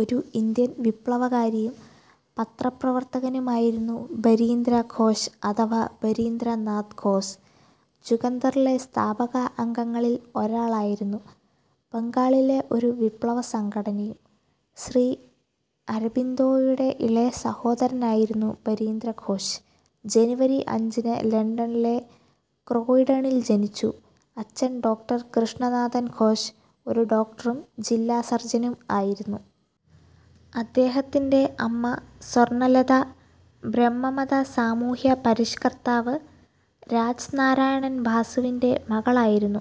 ഒരു ഇന്ത്യൻ വിപ്ലവകാരിയും പത്രപ്രവർത്തകനുമായിരുന്നു ബരീന്ദ്ര ഘോഷ് അഥവാ ബരീന്ദ്ര നാഥ് ഘോസ്. ജുഗന്തറിലെ സ്ഥാപക അംഗങ്ങളിൽ ഒരാളായിരുന്നു. ബംഗാളിലെ ഒരു വിപ്ലവ സംഘടനയും. ശ്രീ അരബിന്ദോയുടെ ഇളയ സഹോദരനായിരുന്നു ബരീന്ദ്ര ഘോഷ്. ജനുവരി അഞ്ചിന് ലണ്ടനിലെ ക്രോയിഡണിൽ ജനിച്ചു. അച്ഛൻ ഡോക്ടർ കൃഷ്ണനാഥൻ ഘോഷ്, ഒരു ഡോക്ടറും ജില്ലാ സർജനും ആയിരുന്നു. അദ്ദേഹത്തിൻ്റെ അമ്മ സ്വർണ്ണലത ബ്രഹ്മ മത സാമൂഹ്യ പരിഷ്ക്കർത്താവ് രാജ് നാരായണൻ ബാസുവിൻ്റെ മകളായിരുന്നു.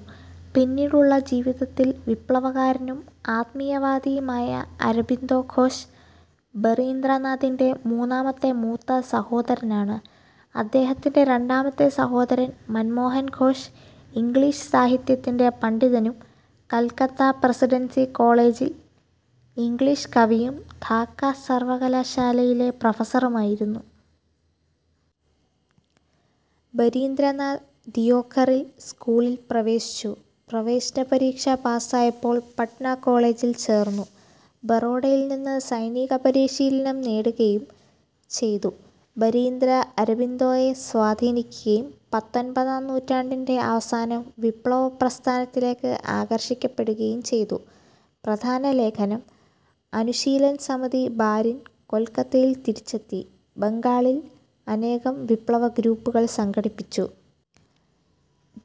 പിന്നീടുള്ള ജീവിതത്തിൽ വിപ്ലവകാരനും ആത്മീയവാദിയുമായ അരബിന്ദോ ഘോഷ് ബറീന്ദ്രനാഥിൻ്റെ മൂന്നാമത്തെ മൂത്ത സഹോദരനാണ്. അദ്ദേഹത്തിൻ്റെ രണ്ടാമത്തെ സഹോദരൻ മൻമോഹൻ ഘോഷ് ഇംഗ്ലീഷ് സാഹിത്യത്തിൻ്റെ പണ്ഡിതനും, കൽക്കത്ത പ്രസിഡൻസി കോളേജിൽ ഇംഗ്ലീഷ് കവിയും ധാക്ക സർവ്വകലാശാലയിലെ പ്രൊഫസ്സറുമായിരുന്നു. ബരിന്ദ്രനാഥ് ദിയോഘറിൽ സ്കൂളിൽ പ്രവേശിച്ചു. പ്രവേശന പരീക്ഷ പാസായപ്പോൾ പട്ന കോളേജിൽ ചേർന്നു. ബറോഡയിൽ നിന്ന് സൈനിക പരിശീലനം നേടുകയും ചെയ്തു. ബരീന്ദ്ര അരബിന്ദോയെ സ്വാധീനിക്കുകയും പത്തൊൻപതാം നൂറ്റാണ്ടിൻ്റെ അവസാനം വിപ്ലവ പ്രസ്ഥാനത്തിലേക്ക് ആകർഷിക്കപ്പെടുകയും ചെയ്തു. പ്രധാന ലേഖനം: അനുശീലൻ സമിതി ബാരിൻ കൊൽക്കത്തയിൽ തിരിച്ചെത്തി, ബംഗാളിൽ അനേകം വിപ്ലവ ഗ്രൂപ്പുകൾ സംഘടിപ്പിച്ചു.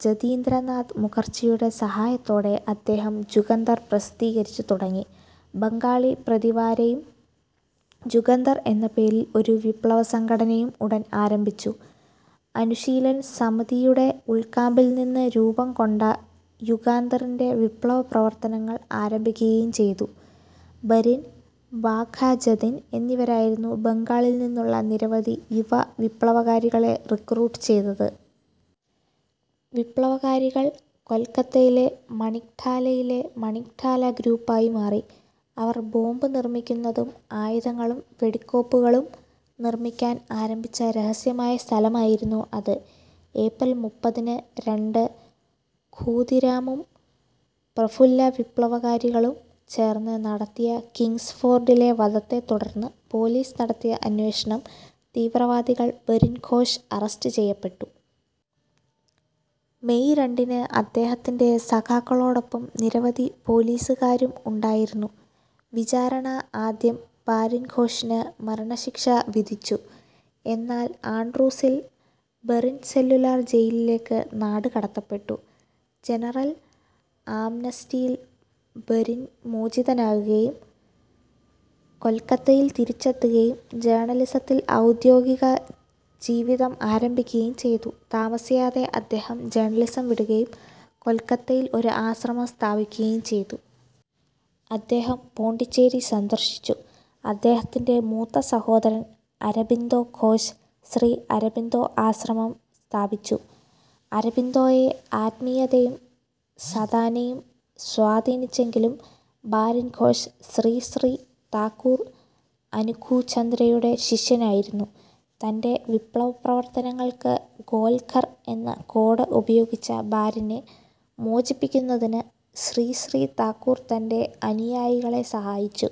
ജതീന്ദ്രനാഥ് മുഖർജിയുടെ സഹായത്തോടെ. അദ്ദേഹം ജുഗന്തർ പ്രസിദ്ധീകരിച്ചു തുടങ്ങി, ബംഗാളി പ്രതിവാരയും, ജുഗന്തർ എന്ന പേരിൽ ഒരു വിപ്ലവ സംഘടനയും ഉടൻ ആരംഭിച്ചു. അനുശീലൻ സമിതിയുടെ ഉൾക്കാമ്പിൽ നിന്നും രൂപം കൊണ്ട യുഗാന്തറിൻ്റെ വിപ്ലവ പ്രവർത്തനങ്ങൾ ആരംഭിക്കുകയും ചെയ്തു. ബരിൻ, ബാഘ ജതിൻ എന്നിവരായിരുന്നു ബംഗാളിൽ നിന്നുള്ള നിരവധി യുവ വിപ്ലവകാരികളെ റിക്രൂട്ട് ചെയ്തത്. വിപ്ലവകാരികൾ കൊൽക്കത്തയിലെ മണിക്ടാലയിലെ മണിക്ടാലഗ്രൂപ്പായി മാറി. അവർ ബോംബ് നിർമ്മിക്കുന്നതും ആയുധങ്ങളും വെടിക്കോപ്പുകളും നിർമ്മിക്കാൻ ആരംഭിച്ച രഹസ്യമായ സ്ഥലമായിരുന്നു അത്. ഏപ്രിൽ മുപ്പതിന് രണ്ട് ഖൂദിരാമും പ്രഫുല്ല വിപ്ലവകാരികളും ചേർന്ന് നടത്തിയ കിംഗ്സ്ഫോർഡിലെ വധത്തെ തുടർന്ന് പോലീസ് നടത്തിയ അന്വേഷണം തീവ്രവാദികൾ ബരിൻ ഘോഷ് അറസ്റ്റ് ചെയ്യപ്പെട്ടു. മെയ് രണ്ടിന് അദ്ദേഹത്തിൻ്റെ സഖാക്കളോടൊപ്പം നിരവധി പോലീസുകാരും ഉണ്ടായിരുന്നു. വിചാരണ ആദ്യം ബാരിൻ ഘോഷിന് മരണശിക്ഷ വിധിച്ചു. എന്നാൽ ആൻഡ്രൂസിൽ ബറിൻ സെല്ലുലാർ ജയിലിലേക്ക് നാടുകടത്തപ്പെട്ടു. ജനറൽ ആംനസ്റ്റിയിൽ ബരിൻ മോചിതനാവുകയും കൊൽക്കത്തയിൽ തിരിച്ചെത്തുകയും ജേർണലിസത്തിൽ ഔദ്യോഗിക ജീവിതം ആരംഭിക്കുകയും ചെയ്തു. താമസിയാതെ അദ്ദേഹം ജേണലിസം വിടുകയും കൊൽക്കത്തയിൽ ഒരു ആശ്രമം സ്ഥാപിക്കുകയും ചെയ്തു. അദ്ദേഹം പോണ്ടിച്ചേരി സന്ദർശിച്ചു. അദ്ദേഹത്തിൻ്റെ മൂത്ത സഹോദരൻ അരബിന്ദോ ഘോഷ് ശ്രീ അരബിന്ദോ ആശ്രമം സ്ഥാപിച്ചു. അരബിന്ദോയെ ആത്മീയതയും സദാനയും സ്വാധീനിച്ചെങ്കിലും ബരിൻ ഘോഷ് ശ്രീ ശ്രീ താക്കൂർ അനുഖുചന്ദ്രയുടെ ശിഷ്യനായിരുന്നു. തൻ്റെ വിപ്ലവ പ്രവർത്തനങ്ങൾക്ക് 'ഗോൽഘർ' എന്ന കോഡ് ഉപയോഗിച്ച ബാരിനെ മോചിപ്പിക്കുന്നതിന് ശ്രീ ശ്രീ താക്കൂർ തൻ്റെ അനുയായികളെ സഹായിച്ചു.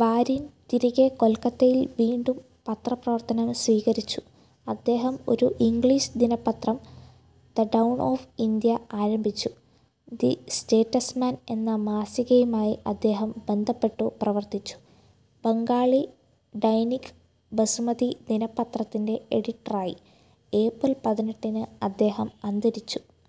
ബാരിൻ തിരികെ കൊൽക്കത്തയിൽ വീണ്ടും പത്രപ്രവർത്തനം സ്വീകരിച്ചു. അദ്ദേഹം ഒരു ഇംഗ്ലീഷ് ദിനപത്രം ദ ഡൗൺ ഓഫ് ഇൻഡ്യ ആരംഭിച്ചു. ദി സ്റ്റേറ്റ്സ്മാൻ എന്ന മാസികയുമായി അദ്ദേഹം ബന്ധപ്പെട്ടു പ്രവർത്തിച്ചു. ബംഗാളി ഡൈനിക് ബസുമതി ദിന പത്രത്തിൻ്റെ എഡിറ്ററായി. ഏപ്രിൽ പതിനെട്ടിന് അദ്ദേഹം അന്തരിച്ചു.